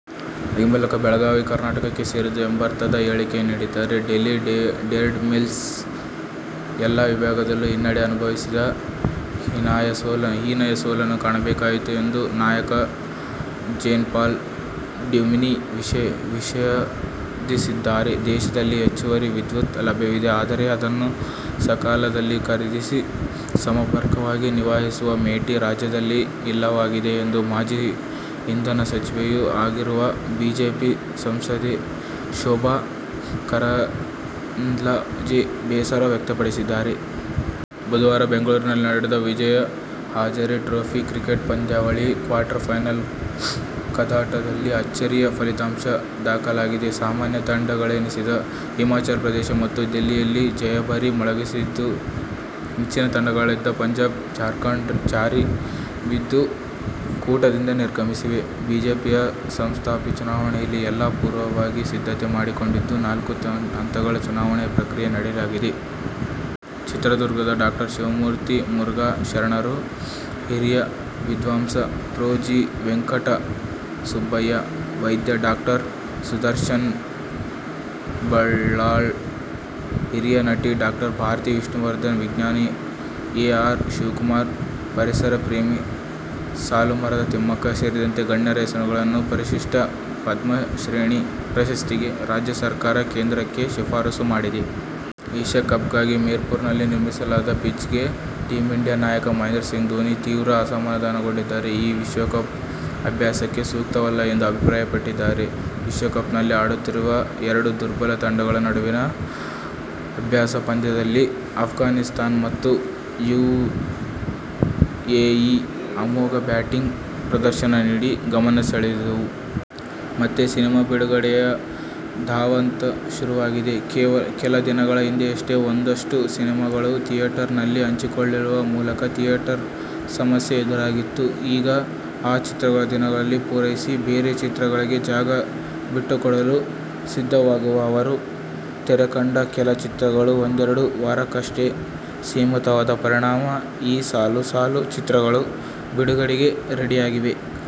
ಈ ಮೂಲಕ ಬೆಳಗಾವಿ ಕರ್ನಾಟಕಕ್ಕೆ ಸೇರಿದ್ದು ಎಂಬರ್ಥದ ಹೇಳಿಕೆ ನೀಡಿದ್ದಾರೆ. ಡೆಲ್ಲಿ ಡೇರ್ಡೆವಿಲ್ಸ್ ಎಲ್ಲ ವಿಭಾಗದಲ್ಲೂ ಹಿನ್ನಡೆ ಅನುಭವಿಸಿ ಹೀನಾಯ ಸೋಲನ್ನು ಕಾಣಬೇಕಾಯಿತು ಎಂದು ನಾಯಕ ಜೀನ್ಪಾಲ್ ಡ್ಯುಮಿನಿ ವಿಷಾದಿಸಿದ್ದಾರೆ. ದೇಶದಲ್ಲಿ ಹೆಚ್ಚುವರಿ ವಿದ್ಯುತ್ ಲಭ್ಯವಿದೆ. ಆದರೆ ಅದನ್ನು ಸಕಾಲದಲ್ಲಿ ಖರೀದಿಸಿ, ಸಮ ರ್ಪಕವಾಗಿ ನಿರ್ವಹಿಸುವ "ಮೇಟಿ' ರಾಜ್ಯದಲ್ಲಿ ಇಲ್ಲವಾಗಿದೆ ಎಂದು ಮಾಜಿ ಇಂಧನ ಸಚಿವೆಯೂ ಆಗಿರುವ ಬಿಜೆಪಿ ಸಂಸದೆ ಶೋಭಾ ಕರಂದ್ಲಾಜೆ ಬೇಸರ ವ್ಯಕ್ತಪಡಿಸಿದ್ದಾರೆ. ಬುಧವಾರ ಬೆಂಗಳೂರಿನಲ್ಲಿ ನಡೆದ ವಿಜಯ್ ಹಜಾರೆ ಟ್ರೋಫಿ ಕ್ರಿಕೆಟ್ ಪಂದ್ಯಾವಳಿಯ ಕ್ವಾರ್ಟರ್ ಫೈನಲ್ ಕಾದಾಟದಲ್ಲಿ ಅಚ್ಚರಿಯ ಫಲಿತಾಂಶ ದಾಖಲಾಗಿದೆ. ಸಾಮಾನ್ಯ ತಂಡಗಳೆನಿಸಿದ ಹಿಮಾಚಲ ಪ್ರದೇಶ ಮತ್ತು ದಿಲ್ಲಿ ಜಯಭೇರಿ ಮೊಳಗಿಸಿದ್ದು, ನೆಚ್ಚಿನ ತಂಡಗಳಾಗಿದ್ದ ಪಂಜಾಬ್ ಮತ್ತು ಜಾರ್ಖಂಡ್ ಜಾರಿ ಬಿದ್ದು ಕೂಟದಿಂದ ನಿರ್ಗಮಿಸಿವೆ. ಬಿಜೆಪಿಯ ಸಾಂಸ್ಥಿಕ ಚುನಾವಣೆಗೆ ಎಲ್ಲ ಪೂರ್ವಭಾವಿ ಸಿದ್ಧತೆ ಮಾಡಿಕೊಂಡಿದ್ದು, ನಾಲ್ಕು ಹಂತಗಳು ಚುನಾವಣಾ ಪ್ರಕ್ರಿಯೆ ನಡೆಯಲಿದೆ. ಚಿತ್ರದುರ್ಗದ ಡಾ ಶಿವಮೂರ್ತಿ ಮುರುಘಾ ಶರಣರು, ಹಿರಿಯ ವಿದ್ವಾಂಸ ಪ್ರೊ ಜಿ. ವೆಂಕಟಸುಬ್ಬಯ್ಯ, ವೈದ್ಯ, ಡಾ ಸುದರ್ಶನ್ಬಲ್ಲಾಳ್, ಹಿರಿಯ ನಟಿ ಡಾ ಭಾರತಿ ವಿಷ್ಣುವರ್ಧನ್, ವಿಜ್ಞಾನಿ ಎ. ಆರ್. ಶಿವಕುಮಾರ್, ಪರಿಸರ ಪ್ರೇಮಿ ಸಾಲುಮರದ ತಿಮ್ಮಕ್ಕ ಸೇರಿದಂತೆ ಗಣ್ಯರ ಹೆಸರುಗಳನ್ನು ಪ್ರತಿಷ್ಠಿತ ಪದ್ಮ ಶ್ರೇಣಿ ಪ್ರಶಸ್ತಿಗೆ ರಾಜ್ಯ ಸರ್ಕಾರ ಕೇಂದ್ರಕ್ಕೆ ಶಿಫಾರಸು ಮಾಡಿದೆ. ಏಶ್ಯ ಕಪ್ಗಾಗಿ ಮೀರ್ಪುರ್ನಲ್ಲಿ ನಿರ್ಮಿಸಲಾದ ಪಿಚ್ ಬಗ್ಗೆ ಟೀಮ್ ಇಂಡಿಯಾ ನಾಯಕ ಮಹೇಂದ್ರ ಸಿಂಗ್ ಧೋನಿ ತೀವ್ರ ಅಸಮಾಧಾನಗೊಂಡಿದ್ದಾರೆ. ಇದು ವಿಶ್ವಕಪ್ ಅಭ್ಯಾಸಕ್ಕೆ ಸೂಕ್ತವಲ್ಲ ಎಂದು ಅಭಿಪ್ರಾಯಪಟ್ಟಿದ್ದಾರೆ. ವಿಶ್ವ ಕಪ್ನಲ್ಲಿ ಆಡುತ್ತಿರುವ ಎರಡು ದುರ್ಬಲ ತಂಡಗಳ ನಡುವಣ ಅಭ್ಯಾಸ ಪಂದ್ಯದಲ್ಲಿ ಅಫ್ಘಾನಿಸ್ಥಾನ ಮತ್ತು ಯುಎಇ ಅಮೋಘ ಬ್ಯಾಟಿಂಗ್ ಪ್ರದರ್ಶನ ನೀಡಿ ಗಮನ ಸೆಳೆದವು. ಮತ್ತೆ ಸಿನಿಮಾ ಬಿಡುಗಡೆಯ ಧಾವಂತ ಶುರುವಾಗಿದೆ. ಕೆಲ ದಿನಗಳ ಹಿಂದಷ್ಟೇ ಒಂದಷ್ಟು ಸಿನಿಮಾಗಳು ಥಿಯೇಟರ್ನಲ್ಲಿ ಕಚ್ಚಿಕೊಳ್ಳುವ ಮೂಲಕ ಥಿಯೇಟರ್ ಸಮಸ್ಯೆ ಎದುರಾಗಿತ್ತು. ಈಗ ಆ ಚಿತ್ರಗಳು ದಿನಗಳನ್ನು ಪೂರೈಸಿ, ಬೇರೆ ಚಿತ್ರಗಳಿಗೆ ಜಾಗ ಬಿಟ್ಟುಕೊಡಲು ಸಿದ್ಧವಾಗುವ ಹಾಗೂ ತೆರೆಕಂಡ ಕೆಲ ಚಿತ್ರಗಳು ಒಂದೆರಡು ವಾರಕ್ಕಷ್ಟೇ ಸೀಮಿತವಾದ ಪರಿಣಾಮ ಈಗ ಸಾಲು ಸಾಲು ಚಿತ್ರಗಳು ಬಿಡುಗಡೆಗೆ ರೆಡಿಯಾಗಿವೆ.